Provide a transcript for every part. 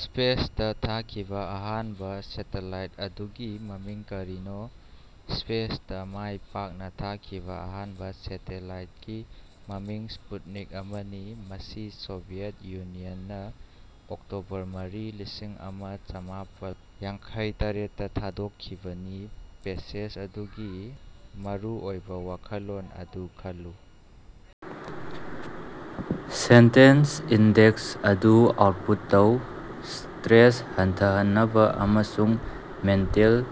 ꯁ꯭ꯄꯦꯁꯇ ꯊꯥꯈꯤꯕ ꯑꯍꯥꯟꯕ ꯁꯦꯇꯂꯥꯏꯠ ꯑꯗꯨꯒꯤ ꯃꯃꯤꯡ ꯀꯔꯤꯅꯣ? ꯁ꯭ꯄꯦꯁꯇꯥ ꯃꯥꯏ ꯄꯥꯛꯅ ꯊꯥꯈꯤꯕꯥ ꯑꯍꯥꯟꯕ ꯁꯦꯇꯦꯂꯥꯏꯠꯀꯤ ꯃꯃꯤꯡ ꯁ꯭ꯄꯨꯠꯅꯤꯛ ꯑꯃꯅꯤ, ꯃꯁꯤ ꯁꯣꯚꯤꯌꯦꯠ ꯌꯨꯅꯤꯌꯟꯅ ꯑꯣꯛꯇꯣꯕꯔ ꯃꯔꯤ, ꯂꯤꯁꯤꯡ ꯑꯃ ꯆꯃꯥꯄꯥꯜ ꯌꯥꯡꯈꯩ ꯇꯔꯦꯠꯇ ꯊꯥꯗꯣꯛꯈꯤꯕꯅꯤ꯫ ꯄꯦꯁꯦꯖ ꯑꯗꯨꯒꯤ ꯃꯔꯨꯑꯣꯏꯕ ꯋꯥꯈꯜꯂꯣꯟ ꯑꯗꯨ ꯈꯜꯂꯨ, ꯁꯦꯟꯇꯦꯟꯁ ꯏꯟꯗꯦꯛꯁ ꯑꯗꯨ ꯑꯥꯎꯠꯄꯨꯠ ꯇꯧ꯫ ꯁ꯭ꯇꯔꯦꯁ ꯍꯟꯊꯍꯟꯅꯕ ꯑꯃꯁꯨꯡ ꯃꯦꯟꯇꯦꯜ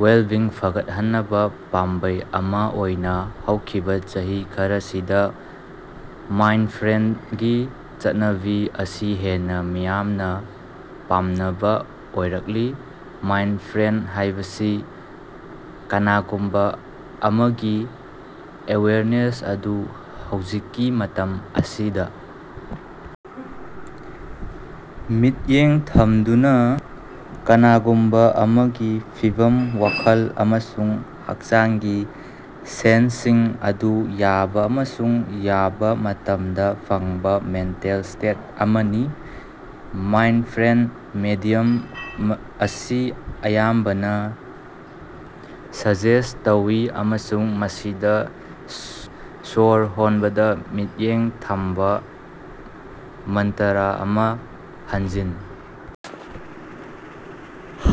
ꯋꯦꯜꯕꯤꯡ ꯐꯒꯠꯍꯟꯅꯕ ꯄꯥꯝꯕꯩ ꯑꯃ ꯑꯣꯏꯅ ꯍꯧꯈꯤꯕ ꯆꯍꯤ ꯈꯔꯁꯤꯗ ꯃꯥꯏꯟꯗꯐ꯭ꯔꯦꯟꯗꯒꯤ ꯆꯠꯅꯕꯤ ꯑꯁꯤ ꯍꯦꯟꯅ ꯃꯤꯌꯥꯃꯅ ꯄꯥꯝꯅꯕ ꯑꯣꯏꯔꯛꯂꯤ꯫ ꯃꯥꯏꯟꯗꯐ꯭ꯔꯦꯟꯗ ꯍꯥꯏꯕꯁꯤ ꯀꯅꯥꯒꯨꯝꯕ ꯑꯃꯒꯤ ꯑꯦꯋꯦꯌꯔꯅꯦꯁ ꯑꯗꯨ ꯍꯧꯖꯤꯛꯀꯤ ꯃꯇꯝ ꯑꯁꯤꯗ ꯃꯤꯠꯌꯦꯡ ꯊꯝꯗꯨꯅ, ꯀꯅꯥꯒꯨꯝꯕ ꯑꯃꯒꯤ ꯐꯤꯚꯝ, ꯋꯥꯈꯜ ꯑꯃꯁꯨꯡ ꯍꯛꯆꯥꯡꯒꯤ ꯁꯦꯟꯁꯁꯤꯡ ꯑꯗꯨ ꯌꯥꯕ ꯑꯃꯁꯨꯡ ꯌꯥꯕ ꯃꯇꯝꯗ ꯐꯪꯕ ꯃꯦꯟꯇꯦꯜ ꯁ꯭ꯇꯦꯠ ꯑꯃꯅꯤ꯫ ꯃꯥꯏꯟꯗꯐ꯭ꯔꯦꯟꯗ ꯃꯦꯗꯤꯌꯝ ꯑꯁꯤ ꯑꯌꯥꯝꯕꯅ ꯁꯖ꯭ꯦꯁꯠ ꯇꯧꯏ ꯑꯃꯁꯨꯡ ꯃꯁꯤꯗ ꯁ꯭ꯋꯔ ꯍꯣꯟꯕꯗ ꯃꯤꯠꯌꯦꯡ ꯊꯝꯕ, ꯃꯟꯇꯔꯥ ꯑꯃ ꯍꯟꯖꯤꯟ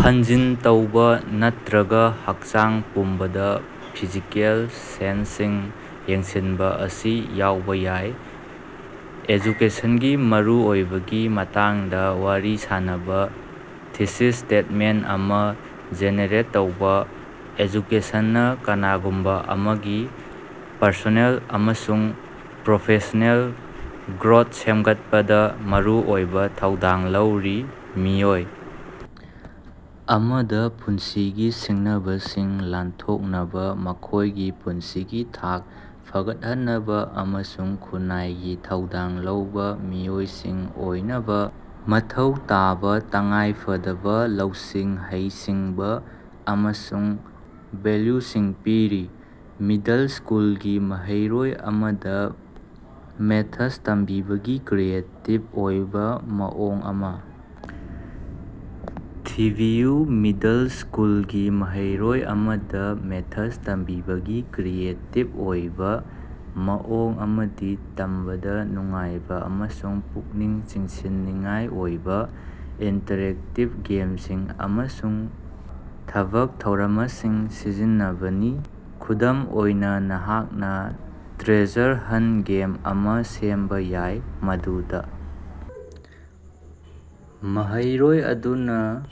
ꯍꯟꯖꯤꯟ ꯇꯧꯕ ꯅꯠꯇꯔꯒ ꯍꯛꯆꯥꯡ ꯄꯨꯝꯕꯗ ꯐꯤꯖꯤꯀꯦꯜ ꯁꯦꯟꯁꯁꯤꯡ ꯌꯦꯡꯁꯤꯟꯕ ꯑꯁꯤ ꯌꯥꯎꯕ ꯌꯥꯏ꯫ ꯑꯦꯖꯨꯀꯦꯁꯟꯒꯤ ꯃꯔꯨꯑꯣꯏꯕꯒꯤ ꯃꯇꯥꯡꯗ ꯋꯥꯔꯤ ꯁꯥꯅꯕ ꯊꯤꯁꯤꯁ ꯁ꯭ꯇꯦꯠꯃꯦꯟꯠ ꯑꯃ ꯖꯦꯅꯦꯔꯦꯠ ꯇꯧꯕ꯫ "ꯑꯦꯖꯨꯀꯦꯁꯟꯅ ꯀꯅꯥꯒꯨꯝꯕ ꯑꯃꯒꯤ ꯄꯔꯁꯣꯅꯦꯜ ꯑꯃꯁꯨꯡ ꯄ꯭ꯔꯣꯐꯦꯁꯅꯦꯜ ꯒ꯭ꯔꯣꯊ ꯁꯦꯝꯒꯠꯄꯗ ꯃꯔꯨꯑꯣꯏꯕ ꯊꯧꯗꯥꯡ ꯂꯧꯔꯤ, ꯃꯤꯑꯣꯏ ꯑꯃꯗ ꯄꯨꯟꯁꯤꯒꯤ ꯁꯤꯡꯅꯕꯁꯤꯡ ꯂꯥꯟꯊꯣꯛꯅꯕ, ꯃꯈꯣꯏꯒꯤ ꯄꯨꯟꯁꯤꯒꯤ ꯊꯥꯛ ꯐꯒꯠꯍꯟꯅꯕ ꯑꯃꯁꯨꯡ ꯈꯨꯟꯅꯥꯏꯒꯤ ꯊꯧꯗꯥꯡ ꯂꯧꯕ ꯃꯤꯑꯣꯏꯁꯤꯡ ꯑꯣꯏꯅꯕ ꯃꯊꯧ ꯇꯥꯕ ꯇꯉꯥꯏ ꯐꯗꯕ ꯂꯧꯁꯤꯡ, ꯍꯩꯁꯤꯡꯕ ꯑꯃꯁꯨꯡ ꯚꯦꯜꯌꯨꯁꯤꯡ ꯄꯤꯔꯤ꯫" ꯃꯤꯗꯜ ꯁ꯭ꯀꯨꯜꯒꯤ ꯃꯍꯩꯔꯣꯏ ꯑꯃꯗ ꯃꯦꯊꯁ ꯇꯝꯕꯤꯕꯒꯤ ꯀ꯭ꯔꯤꯌꯦꯇꯤꯕ ꯑꯣꯏꯕ ꯃꯑꯣꯡ ꯑꯃ ꯊꯤꯕꯤꯌꯨ꯫ ꯃꯤꯗꯜ ꯁ꯭ꯀꯨꯜꯒꯤ ꯃꯍꯩꯔꯣꯏ ꯑꯃꯗ ꯃꯦꯊꯁ ꯇꯝꯕꯤꯕꯒꯤ ꯀ꯭ꯔꯤꯌꯦꯇꯤꯕ ꯑꯣꯏꯕ ꯃꯑꯣꯡ ꯑꯃꯗꯤ ꯇꯝꯕꯗ ꯅꯨꯡꯉꯥꯏꯕ ꯑꯃꯁꯨꯡ ꯄꯨꯛꯅꯤꯡ ꯆꯤꯡꯁꯤꯟꯅꯤꯡꯉꯥꯏ ꯑꯣꯏꯕ ꯏꯟꯇꯔꯦꯛꯇꯤꯕ ꯒꯦꯝꯁꯤꯡ ꯑꯃꯁꯨꯡ ꯊꯕꯛ ꯊꯧꯔꯃꯁꯤꯡ ꯁꯤꯖꯤꯟꯅꯕꯅꯤ꯫ ꯈꯨꯗꯝ ꯑꯣꯏꯅ, ꯅꯍꯥꯛꯅ ꯇ꯭ꯔꯦꯖꯔ ꯍꯟꯠ ꯒꯦꯝ ꯑꯃ ꯁꯦꯝꯕ ꯌꯥꯏ, ꯃꯗꯨꯗ ꯃꯍꯩꯔꯣꯏ ꯑꯗꯨꯅ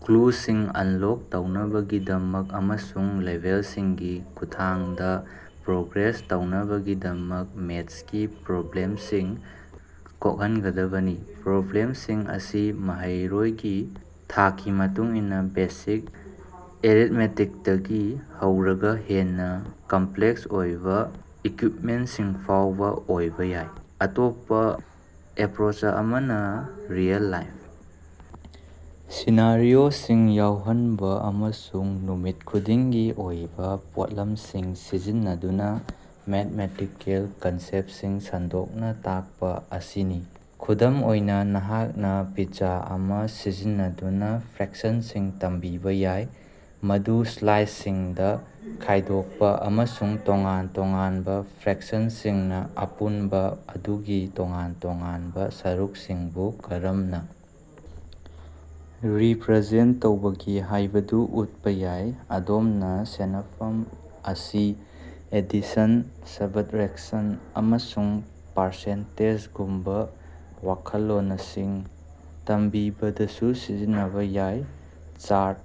ꯀ꯭ꯂꯨꯁꯤꯡ ꯑꯟꯂꯣꯛ ꯇꯧꯅꯕꯒꯤꯗꯃꯛ ꯑꯃꯁꯨꯡ ꯂꯦꯚꯦꯜꯁꯤꯡꯒꯤ ꯈꯨꯠꯊꯥꯡꯗ ꯄ꯭ꯔꯣꯒ꯭ꯔꯦꯁ ꯇꯧꯅꯕꯒꯤꯗꯃꯛ ꯃ꯭ꯦꯊꯁꯀꯤ ꯄ꯭ꯔꯣꯕ꯭ꯂꯦꯝꯁꯤꯡ ꯀꯣꯛꯍꯟꯒꯗꯕꯅꯤ꯫ ꯄ꯭ꯔꯣꯕ꯭ꯂꯦꯝꯁꯤꯡ ꯑꯁꯤ ꯃꯍꯩꯔꯣꯏꯒꯤ ꯊꯥꯛꯀꯤ ꯃꯇꯨꯡ ꯏꯟꯅ ꯕꯦꯁꯤꯛ ꯑꯦꯔꯤꯊꯃꯦꯇꯤꯛꯇꯒꯤ ꯍꯧꯔꯒ ꯍꯦꯟꯅ ꯀꯝꯄꯂꯦꯛꯁ ꯑꯣꯏꯕ ꯏꯀ꯭ꯌꯨꯏꯞꯃꯦꯟꯠꯁꯤꯡ ꯐꯥꯎꯕ ꯑꯣꯏꯕ ꯌꯥꯏ꯫ ꯑꯇꯣꯞꯄ ꯑꯦꯄ꯭ꯔꯣꯆ ꯑꯃꯅ ꯔꯤꯑꯦꯜ-ꯂꯥꯏꯐ ꯁꯤꯅꯥꯔꯤꯑꯣꯁꯤꯡ ꯌꯥꯎꯍꯟꯕ ꯑꯃꯁꯨꯡ ꯅꯨꯃꯤꯠ ꯈꯨꯗꯤꯡꯒꯤ ꯑꯣꯏꯕ ꯄꯣꯠꯂꯝꯁꯤꯡ ꯁꯤꯖꯤꯟꯅꯗꯨꯅ ꯃ꯭ꯦꯊꯃꯦꯇꯤꯀꯦꯜ ꯀꯟꯁꯦꯞꯁꯤꯡ ꯁꯟꯗꯣꯛꯅꯥ ꯇꯥꯛꯄ ꯑꯁꯤꯅꯤ꯫ ꯈꯨꯗꯝ ꯑꯣꯏꯅ, ꯅꯍꯥꯛꯅ ꯄꯤꯖ꯭ꯖꯥ ꯑꯃ ꯁꯤꯖꯤꯟꯅꯗꯨꯅ ꯐ꯭ꯔꯦꯛꯁꯟꯁꯤꯡ ꯇꯝꯕꯤꯕ ꯌꯥꯏ, ꯃꯗꯨ ꯁ꯭ꯂꯥꯏꯁꯁꯤꯡꯗ ꯈꯥꯏꯗꯣꯛꯄ ꯑꯃꯁꯨꯡ ꯇꯣꯉꯥꯟ-ꯇꯣꯉꯥꯟꯕ ꯐ꯭ꯔꯦꯛꯁꯟꯁꯤꯡꯅ ꯑꯄꯨꯟꯕ ꯑꯗꯨꯒꯤ ꯇꯣꯉꯥꯟ-ꯇꯣꯉꯥꯟꯕ ꯁꯔꯨꯛꯁꯤꯡꯕꯨ ꯀꯔꯝꯅ ꯔꯤꯄ꯭ꯔꯖꯦꯟꯠ ꯇꯧꯕꯒꯦ ꯍꯥꯏꯕꯗꯨ ꯎꯠꯄ ꯌꯥꯏ꯫ ꯑꯗꯣꯝꯅ ꯁꯦꯅꯐꯝ ꯑꯁꯤ ꯑꯦꯗꯤꯁꯟ, ꯁꯕꯠꯔꯦꯛꯁꯟ, ꯑꯃꯁꯨꯡ ꯄꯥꯔꯁꯦꯟꯇꯦꯖꯒꯨꯝꯕ ꯋꯥꯈꯜꯂꯣꯅꯁꯤꯡ ꯇꯝꯕꯤꯕꯗꯁꯨ ꯁꯤꯖꯤꯟꯅꯕ ꯌꯥꯏ꯫ ꯆꯥ꯭ꯔꯠ,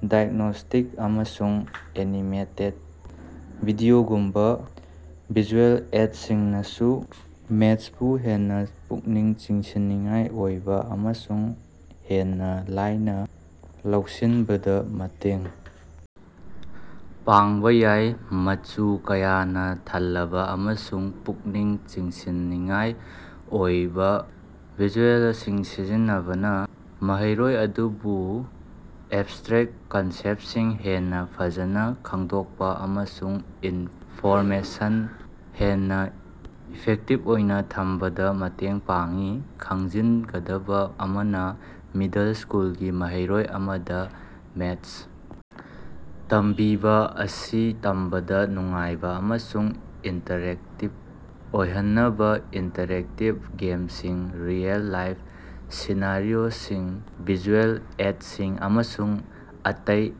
ꯗꯥꯏꯒꯅꯣꯁ꯭ꯇꯤꯛ, ꯑꯃꯁꯨꯡ ꯑꯦꯅꯤꯃꯦꯇꯦꯗ ꯚꯤꯗꯤꯑꯣꯒꯨꯝꯕ ꯚꯤꯖꯨꯑꯦꯜ ꯑꯦꯗꯁꯤꯡꯅꯁꯨ ꯃ꯭ꯦꯊꯁꯄꯨ ꯍꯦꯟꯅ ꯄꯨꯛꯅꯤꯡ ꯆꯤꯡꯁꯤꯟꯅꯤꯡꯉꯥꯏ ꯑꯣꯏꯕ ꯑꯃꯁꯨꯡ ꯍꯦꯟꯅ ꯂꯥꯏꯅ ꯂꯧꯁꯤꯟꯕꯗ ꯃꯇꯦꯡ ꯄꯥꯡꯕ ꯌꯥꯏ꯫ ꯃꯆꯨ ꯀꯌꯥꯅ ꯊꯜꯂꯕ ꯑꯃꯁꯨꯡ ꯄꯨꯛꯅꯤꯡ ꯆꯤꯡꯁꯤꯟꯅꯤꯡꯉꯥꯏ ꯑꯣꯏꯕ ꯚꯤꯖꯨꯑꯦꯂꯁꯤꯡ ꯁꯤꯖꯤꯟꯅꯕꯅ ꯃꯍꯩꯔꯣꯏ ꯑꯗꯨꯕꯨ ꯑꯦꯕꯁ꯭ꯇꯔꯦꯛ ꯀꯟꯁꯦꯞꯁꯤꯡ ꯍꯦꯟꯅ ꯐꯖꯅ ꯈꯪꯗꯣꯛꯄꯥ ꯑꯃꯁꯨꯡ ꯏꯟꯐꯣꯔꯃꯦꯁꯟ ꯍꯦꯟꯅ ꯏꯐꯦꯛꯇꯤꯚ ꯑꯣꯏꯅ ꯊꯝꯕꯗꯥ ꯃꯇꯦꯡ ꯄꯥꯡꯏ꯫ ꯈꯪꯖꯤꯟꯒꯗꯕ ꯑꯃꯅ, ꯃꯤꯗꯜ ꯁ꯭ꯀꯨꯜꯒꯤ ꯃꯍꯩꯔꯣꯏ ꯑꯃꯗ ꯃ꯭ꯦꯊꯁ ꯇꯝꯕꯤꯕꯥ ꯑꯁꯤ ꯇꯝꯕꯗ ꯅꯨꯡꯉꯥꯏꯕ ꯑꯃꯁꯨꯡ ꯏꯟꯇꯔꯦꯛꯇꯤꯕ ꯑꯣꯏꯍꯟꯅꯕ ꯏꯟꯇꯔꯦꯛꯇꯤꯕ ꯒꯦꯝꯁꯤꯡ, ꯔꯤꯑꯦꯜ-ꯂꯥꯏꯐ ꯁꯤꯅꯥꯔꯤꯑꯣꯁꯤꯡ, ꯚꯤꯖꯨꯑꯦꯜ ꯑꯦꯗꯁꯤꯡ, ꯑꯃꯁꯨꯡ ꯑꯇꯩ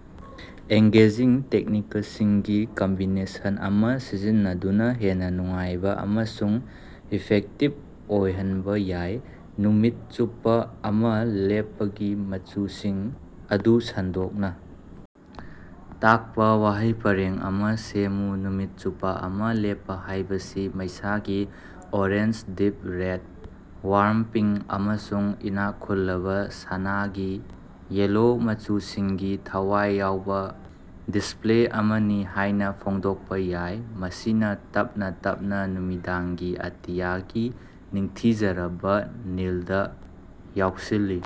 ꯑꯦꯡꯒꯦꯖꯤꯡ ꯇꯦꯛꯅꯤꯀꯁꯤꯡꯒꯤ ꯀꯝꯕꯤꯅꯦꯁꯟ ꯑꯃ ꯁꯤꯖꯤꯟꯅꯗꯨꯅ ꯍꯦꯟꯅ ꯅꯨꯡꯉꯥꯏꯕ ꯑꯃꯁꯨꯡ ꯏꯐꯦꯛꯇꯤꯚ ꯑꯣꯏꯍꯟꯕ ꯌꯥꯏ꯫ ꯅꯨꯃꯤꯠ ꯆꯨꯞꯄ ꯑꯃꯥ ꯂꯦꯞꯄꯒꯤ ꯃꯆꯨꯁꯤꯡ ꯑꯗꯨ ꯁꯟꯗꯣꯛꯅ ꯇꯥꯛꯄ ꯋꯥꯍꯩ ꯄꯔꯦꯡ ꯑꯃ ꯁꯦꯝꯃꯨ꯫ ꯅꯨꯃꯤꯠ ꯆꯨꯞꯄ ꯑꯃꯥ ꯂꯦꯞꯄ ꯍꯥꯏꯕꯁꯤ ꯃꯩꯁꯥꯒꯤ orange, deep red, warm pink, ꯑꯃꯁꯨꯡ ꯏꯅꯥꯛ ꯈꯨꯜꯂꯕ ꯁꯅꯥꯒꯤ ꯌꯦꯜꯂꯣ ꯃꯆꯨꯁꯤꯡꯒꯤ ꯊꯋꯥꯏ ꯌꯥꯎꯕ ꯗꯤꯁꯄ꯭ꯂꯦ ꯑꯃꯅꯤ ꯍꯥꯏꯅ ꯐꯣꯡꯗꯣꯛꯄ ꯌꯥꯏ, ꯃꯁꯤꯅ ꯇꯞꯅ ꯇꯞꯅ ꯅꯨꯃꯤꯗꯥꯡꯒꯤ ꯑꯇꯤꯌꯥꯒꯤ ꯅꯤꯡꯊꯤꯖꯔꯕ ꯅꯤꯜꯗ ꯌꯥꯎꯁꯤꯜꯂꯤ꯫